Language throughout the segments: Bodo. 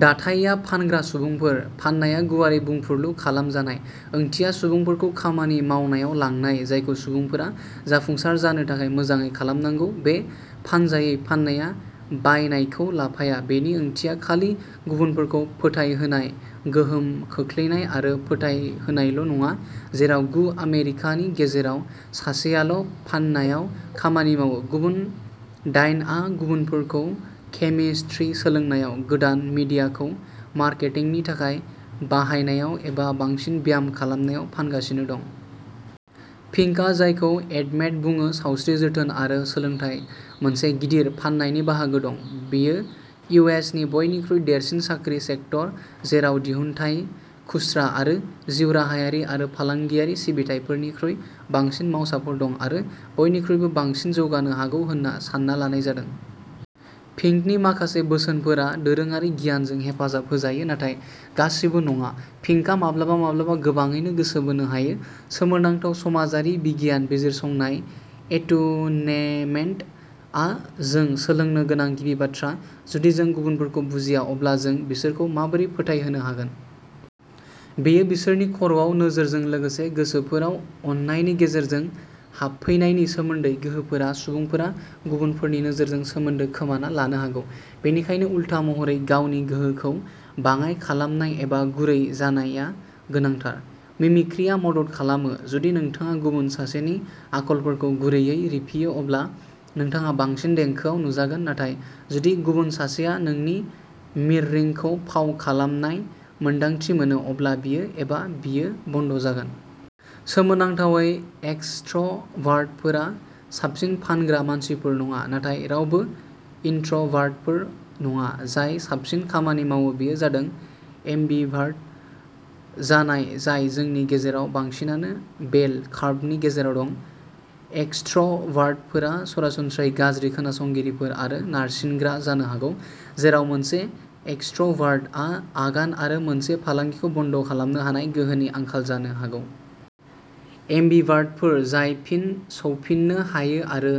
दाथाइया फानग्रा सुबुंफोर। फाननाया, गुवारै बुंफुरलु खालामजानाय, ओंथिया सुबुंफोरखौ खामानि मावनायाव लांनाय, जायखौ सुबुंफोरा जाफुंसार जानो थाखाय मोजाङै खालामनांगौ। बे "फानजायै फाननाया" बायनायखौ लाफाया-बेनि ओंथिया खालि गुबुनफोरखौ फोथायहोनाय, गोहोम खोख्लैनाय आरो फोथायहोनायल'नङा। जेराव गु आमेरिकानि गेजेराव सासेआल'फाननायाव खामानि मावो, गुबुन दाइनआ गुबुनफोरखौ केमिस्ट्रि सोलोंनायाव, गोदान मिडियाखौ मार्केटिंनि थाखाय बाहायनायाव, एबा बांसिन ब्याम खालामनायाव फानगासिनो दं। पिंकआ जायखौ "एडमेड" बुङो-सावस्रि जोथोन आरो सोलोंथाय-मोनसे गिदिर फान्नायनि बाहागो दं। बेयो इउ. एस. नि बयनिख्रुइ देरसिन साख्रि सेक्टर, जेराव दिहुनथाय, खुस्रा आरो जिउराहायारि आरो फालांगियारि सिबिथाइफोरनिख्रुइ बांसिन मावसाफोर दं, आरो बयनिख्रुइबो बांसिन जौगानो हागौ होनना सानना लानाय जादों। पिंकनि माखासे बोसोनफोरा दोरोङारि गियानजों हेफाजाब होजायो नाथाय गासिबो नङा; पिंकआ माब्लाबा-माब्लाबा गोबाङैनो गोसो बोनो हायो। सोमोनांथाव समाजारि बिगियान बिजिरसंनाय। "एटुनेमेन्ट" आ जों सोलोंनो गोनां गिबि बाथ्रा। जुदि जों गुबुनफोरखौ बुजिया, अब्ला जों बिसोरखौ माबोरै फोथायहोनो हागोन? बेयो बिसोरनि खर'आव नोजोरजों लोगोसे गोसोफोराव अननायनि गेजेरजों हाबफैनायनि सोमोन्दै। गोहोगोरा सुबुंफोरा गुबुनफोरनि नोजोरजों सोमोन्दो खोमाना लानो हागौ। बेनिखायनो उल्था महरै, गावनि गोहोखौ बाङाइ खालामनाय एबा गुरै जानाया गोनांथार। मिमिक्रीआ मदद खालामो। जुदि नोंथाङा गुबुन सासेनि आखलफोरखौ गुरैयै रिफियो, अब्ला नोंथाङा बांसिन देंखोआव नुजागोन, नाथाय जुदि गुबुन सासेआ नोंनि मिररिंखौ फाव खालामनाय मोन्दांथि मोनो, अब्ला बियो एबा बियो बन्द जागोन। सोमोनांथावै, एक्सट्र'भार्टफोरा साबसिन फानग्रा मानसिफोर नङा, नाथाय रावबो इनट्र'भार्टफोर नङा। जाय साबसिन खामानि मावो बेयो जादों "एम्बिभार्ट" जानाय, जाय जोंनि गेजेराव बांसिनानो बेल कार्भनि गेजेराव दं। एक्सट्र'भार्टफोरा सरासनस्रायै गाज्रि खोनासंगिरिफोर आरो नारसिनग्रा जानो हागौ, जेराव मोनसे एक्सट्र'भार्टआ आगान आरो मोनसे फालांगिखौ बन्द खालामनो हानाय गोहोनि आंखाल जानो हागौ। एम्बिभार्टफोर जाय फिन सौफिन्नो हायो आरो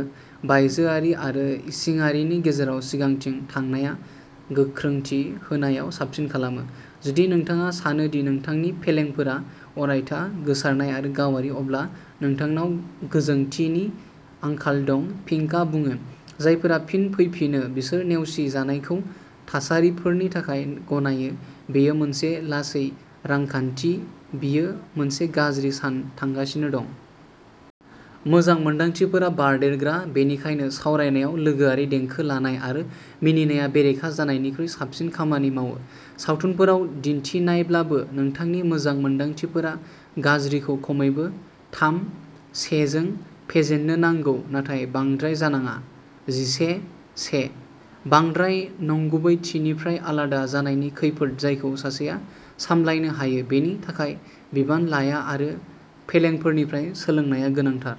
बायजोआरि आरो इसिङारिनि गेजेराव सिगांथिं थांनाया गोख्रोंथि होनायाव साबसिन खालामो। जुदि नोंथाङा सानो दि नोंथांनि फेलेंफोरा "अरायथा, गोसारनाय आरो गावारि", अब्ला नोंथांनाव "गोजोंथि" नि आंखाल दं। पिंकआ बुङो, जायफोरा फिन फैफिनो, बिसोर नेवसिजानायखौ थासारिफोरनि थाखाय गनायोः बेयो मोनसे लासै रांखान्थि, बियो मोनसे गाज्रि सान थांगासिनो दं। मोजां मोन्दांथिफोरा बारदेरग्रा, बेनिखायनो सावरायनायाव, लोगोआरि देंखो लानाय आरो मिनिनाया बेरेखा जानायनिख्रुइ साबसिन खामानि मावो, सावथुनफोराव दिन्थिनायब्लाबो। नोंथांनि मोजां मोनदांथिफोरा गाज्रि खौ खमैबो थाम-से जों फेजेन्नो नांगौ नाथाय बांद्राय जानाङा जिसे-से। बांद्राय नंगुबैथिनिफ्राय आलादा जानायनि खैफोद-जायखौ सासेया सामलायनो हायो बेनि थाखाय बिबान लाया आरो फेलेंफोरनिफ्राय सोलोंनाया गोनांथार।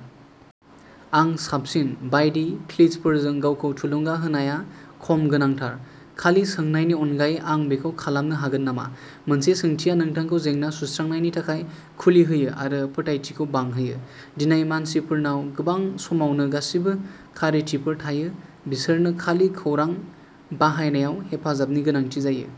"आं साबसिन" बायदि क्लिचफोरजों गावखौ थुलुंगा होनाया खम गोनांथार, खालि सोंनायनि अनगायै, "आं बेखौ खालामनो हागोन नामा?" मोनसे सोंथिया नोंथांखौ जेंना सुस्रांनायनि थाखाय खुलि होयो आरो फोथायथिखौ बांहोयो। दिनै मानसिफोरनाव गोबां समावनो गासिबो खारिथिफोर थायो-बिसोरनो खालि खौरां बाहायनायाव हेफाजाबनि गोनांथि जायो।